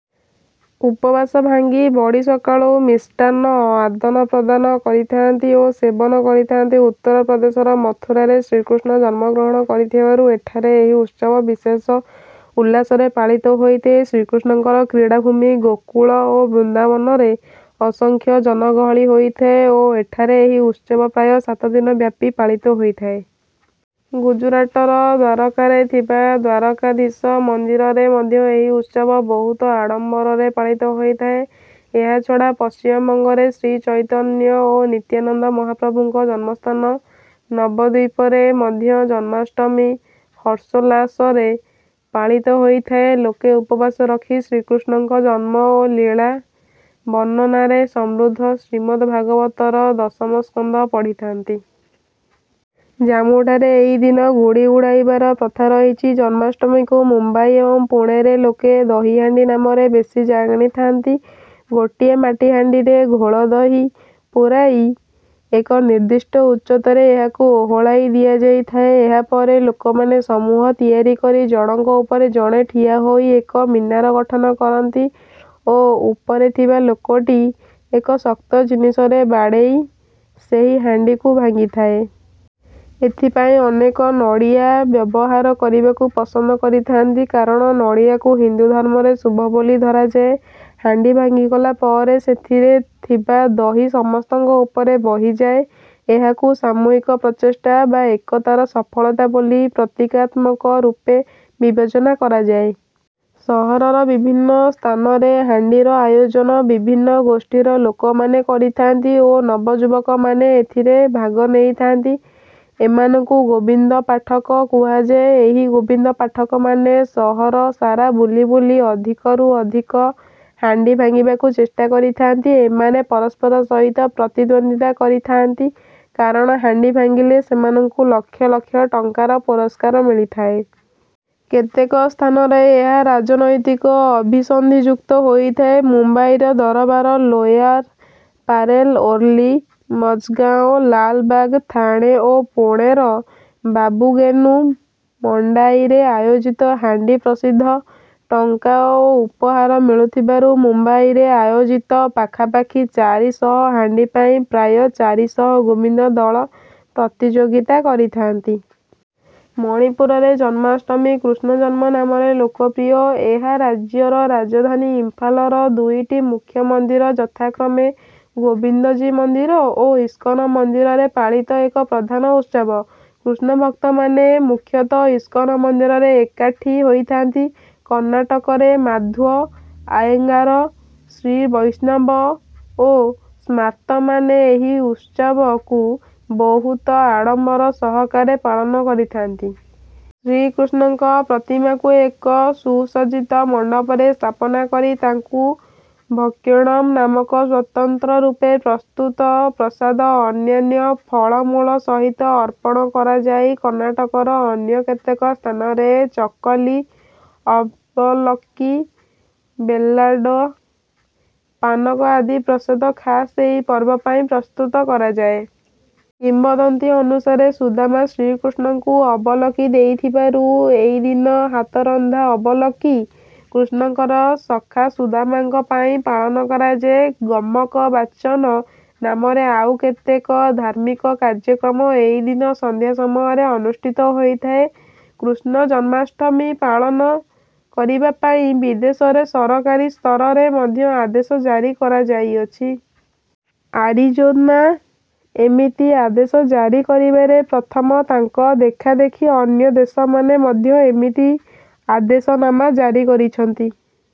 ଉପବାସ ଭାଙ୍ଗି ବଡ଼ି ସକାଳୁ ମିଷ୍ଟାନ୍ନ ଆଦାନପ୍ରଦାନ କରିଥାନ୍ତି ଓ ସେବନ କରିଥାନ୍ତି। ଉତ୍ତର ପ୍ରଦେଶର ମଥୁରାରେ ଶ୍ରୀକୃଷ୍ଣ ଜନ୍ମଗ୍ରହଣ କରିଥିବାରୁ ଏଠାରେ ଏହି ଉତ୍ସବ ବିଶେଷ ଉଲ୍ଲାସରେ ପାଳିତ ହୋଇଥାଏ। କୃଷ୍ଣଙ୍କର କ୍ରୀଡ଼ାଭୂମି ଗୋକୁଳ ଓ ବୃନ୍ଦାବନରେ ଅସଂଖ୍ୟ ଜନଗହଳି ହୋଇଥାଏ ଓ ଏଠାରେ ଏହି ଉତ୍ସବ ପ୍ରାୟ ସାତ ଦିନ ବ୍ୟାପି ପାଳିତ ହୋଇଥାଏ। ଗୁଜରାଟର ଦ୍ୱାରକାରେ ଥିବା ଦ୍ୱାରକାଧୀଶ ମନ୍ଦିରରେ ମଧ୍ୟ ଏହି ଉତ୍ସବ ବହୁତ ଆଡ଼ମ୍ବରରେ ପାଳିତ ହୋଇଥାଏ। ଏହାଛଡ଼ା ପଶ୍ଚିମବଙ୍ଗରେ ଶ୍ରୀଚୈତନ୍ୟ ଓ ନିତ୍ୟାନନ୍ଦ ମହାପ୍ରଭୁଙ୍କ ଜନ୍ମସ୍ଥାନ ନବଦ୍ୱୀପରେ ମଧ୍ୟ ଜନ୍ମାଷ୍ଟମୀ ହର୍ଷୋଲ୍ଲାସରେ ପାଳିତ ହୋଇଥାଏ। ଲୋକେ ଉପବାସ ରଖି ଶ୍ରୀକୃଷ୍ଣଙ୍କ ଜନ୍ମ ଓ ଲୀଳା ବର୍ଣ୍ଣନାରେ ସମୃଦ୍ଧ ଶ୍ରୀମଦ୍‌ଭାଗବତର ଦଶମ ସ୍କନ୍ଧ ପଢ଼ିଥାନ୍ତି। ଜାମ୍ମୁଠାରେ ଏହିଦିନ ଗୁଡ଼ି ଉଡ଼ାଇବାର ପ୍ରଥା ରହିଛି। ଜନ୍ମାଷ୍ଟମୀକୁ ମୁମ୍ବାଇ ଏବଂ ପୁଣେରେ ଲୋକେ 'ଦହି ହାଣ୍ଡି' ନାମରେ ବେଶି ଜାଣିଥାନ୍ତି। ଗୋଟିଏ ମାଟିହାଣ୍ଡିରେ ଘୋଳଦହି ପୂରାଇ ଏକ ନିର୍ଦ୍ଦିଷ୍ଟ ଉଚ୍ଚତାରେ ଏହାକୁ ଓହଳାଇ ଦିଆଯାଇଥାଏ। ଏହାପରେ ଲୋକମାନେ ସମୂହ ତିଆରି କରି ଜଣକ ଉପରେ ଜଣେ ଠିଆହୋଇ ଏକ ମିନାର ଗଠନ କରନ୍ତି ଓ ଉପରେ ଥିବା ଲୋକଟି ଏକ ଶକ୍ତ ଜିନିଷରେ ବାଡ଼େଇ ସେହି ହାଣ୍ଡିକୁ ଭାଙ୍ଗିଥାଏ। ଏଥିପାଇଁ ଅନେକ ନଡ଼ିଆ ବ୍ୟବହାର କରିବାକୁ ପସନ୍ଦ କରିଥାନ୍ତି, କାରଣ ନଡ଼ିଆକୁ ହିନ୍ଦୁ ଧର୍ମରେ ଶୁଭ ବୋଲି ଧରାଯାଏ। ହାଣ୍ଡି ଭାଙ୍ଗିଗଲା ପରେ ସେଥିରେ ଥିବା ଦହି ସମସ୍ତଙ୍କ ଉପରେ ବହିଯାଏ। ଏହାକୁ ସାମୂହିକ ପ୍ରଚେଷ୍ଟା ବା ଏକତାର ସଫଳତା ବୋଲି ପ୍ରତୀକାତ୍ମକ ରୂପେ ବିବେଚନା କରାଯାଏ। ସହରର ବିଭିନ୍ନ ସ୍ଥାନରେ ହାଣ୍ଡିର ଆୟୋଜନ ବିଭିନ୍ନ ଗୋଷ୍ଠୀର ଲୋକମାନେ କରିଥାନ୍ତି ଓ ନବଯୁବକମାନେ ଏଥିରେ ଭାଗ ନେଇଥାନ୍ତି। ଏମାନଙ୍କୁ 'ଗୋବିନ୍ଦ ପାଠକ' କୁହାଯାଏ। ଏହି ଗୋବିନ୍ଦ ପାଠକମାନେ ସହରସାରା ବୁଲି ବୁଲି ଅଧିକରୁ ଅଧିକ ହାଣ୍ଡି ଭାଙ୍ଗିବାକୁ ଚେଷ୍ଟା କରିଥାନ୍ତି। ଏମାନେ ପରସ୍ପର ସହିତ ପ୍ରତିଦ୍ୱନ୍ଦ୍ୱିତା କରିଥାନ୍ତି, କାରଣ ହାଣ୍ଡି ଭାଙ୍ଗିଲେ ସେମାନଙ୍କୁ ଲକ୍ଷ ଲକ୍ଷ ଟଙ୍କାର ପୁରସ୍କାର ମିଳିଥାଏ। କେତେକ ସ୍ଥାନରେ ଏହା ରାଜନୈତିକ ଅଭିସନ୍ଧିଯୁକ୍ତ ହୋଇଥାଏ। ମୁମ୍ବାଇର ଦରବାର, ଲୋୟର ପାରେଲ, ଓର୍ଲି, ମଜଗାଓଁ, ଲାଲବାଗ, ଥାଣେ ଓ ପୁଣେର ବାବୁ ଗେନୁ, ମଣ୍ଡାଇରେ ଆୟୋଜିତ ହାଣ୍ଡି ପ୍ରସିଦ୍ଧ। ଟଙ୍କା ଓ ଉପହାର ମିଳୁଥିବାରୁ ମୁମ୍ବାଇରେ ଆୟୋଜିତ ପାଖାପାଖି ଚାରି ଶହ ହାଣ୍ଡି ପାଇଁ ପ୍ରାୟ ଚାରି ଶହ ଗୋବିନ୍ଦ ଦଳ ପ୍ରତିଯୋଗିତା କରିଥାନ୍ତି। ମଣିପୁରରେ ଜନ୍ମାଷ୍ଟମୀ 'କୃଷ୍ଣଜନ୍ମ' ନାମରେ ଲୋକପ୍ରିୟ। ଏହା ରାଜ୍ୟର ରାଜଧାନୀ ଇମ୍ଫାଲର ଦୁଇଟି ମୁଖ୍ୟ ମନ୍ଦିର ଯଥାକ୍ରମେ ଗୋବିନ୍ଦଜୀ ମନ୍ଦିର ଓ ଇସ୍କନ ମନ୍ଦିରରେ ପାଳିତ ଏକ ପ୍ରଧାନ ଉତ୍ସବ। କୃଷ୍ଣଭକ୍ତମାନେ ମୁଖ୍ୟତଃ ଇସ୍କନ ମନ୍ଦିରରେ ଏକାଠି ହୋଇଥାନ୍ତି। କର୍ଣ୍ଣାଟକରେ ମାଧ୍ୱ, ଆୟେଙ୍ଗାର, ଶ୍ରୀବୈଷ୍ଣବ ଓ ସ୍ମାର୍ତ୍ତମାନେ ଏଇ ଉତ୍ସବକୁ ବହୁତ ଆଡ଼ମ୍ବର ସହକାରେ ପାଳନ କରିଥାନ୍ତି। ଶ୍ରୀକୃଷ୍ଣଙ୍କ ପ୍ରତିମାକୁ ଏକ ସୁସଜ୍ଜିତ ମଣ୍ଡପରେ ସ୍ଥାପନା କରି ତାଙ୍କୁ 'ଭକ୍ଷଣମ୍' ନାମକ ସ୍ୱତନ୍ତ୍ର ରୂପେ ପ୍ରସ୍ତୁତ ପ୍ରସାଦ ଅନ୍ୟାନ୍ୟ ଫଳମୂଳ ସହିତ ଅର୍ପଣ କରାଯାଏ। କର୍ଣ୍ଣାଟକର ଅନ୍ୟ କେତେକ ସ୍ଥାନରେ ଚକଲି, ଅବଲକ୍କି, ବେଲ୍ଲାଡା ପାନକ ଆଦି ପ୍ରସାଦ ଖାସ୍ ଏଇ ପର୍ବ ପାଇଁ ପ୍ରସ୍ତୁତ କରାଯାଏ। କିମ୍ବଦନ୍ତୀ ଅନୁସାରେ ସୁଦାମା ଶ୍ରୀକୃଷ୍ଣଙ୍କୁ ଅବଲକ୍କି ଦେଇଥିବାରୁ ଏଇଦିନ ହାତରନ୍ଧା ଅବଲକ୍କି କୃଷ୍ଣଙ୍କର ସଖା ସୁଦାମାଙ୍କ ପାଇଁ ପାଳନ କରାଯାଏ। ଗମକ ବାଚନ ନାମରେ ଆଉ କେତେକ ଧାର୍ମିକ କାର୍ଯ୍ୟକ୍ରମ ଏଇଦିନ ସନ୍ଧ୍ୟା ସମୟରେ ଅନୁଷ୍ଠିତ ହୋଇଥାଏ। କୃଷ୍ଣଜନ୍ମାଷ୍ଟମୀ ପାଳନ କରିବା ପାଇଁ ବିଦେଶରେ ସରକାରୀ ସ୍ତରରେ ମଧ୍ୟ ଆଦେଶ ଜାରି କରାଯାଇଅଛି। ଆରିଜୋନା ଏମିତି ଆଦେଶ ଜାରି କରିବାରେ ପ୍ରଥମ। ତାଙ୍କ ଦେଖାଦେଖି ଅନ୍ୟ ଦେଶମାନେ ମଧ୍ୟ ଏମିତି ଆଦେଶନାମା ଜାରି କରିଛନ୍ତି।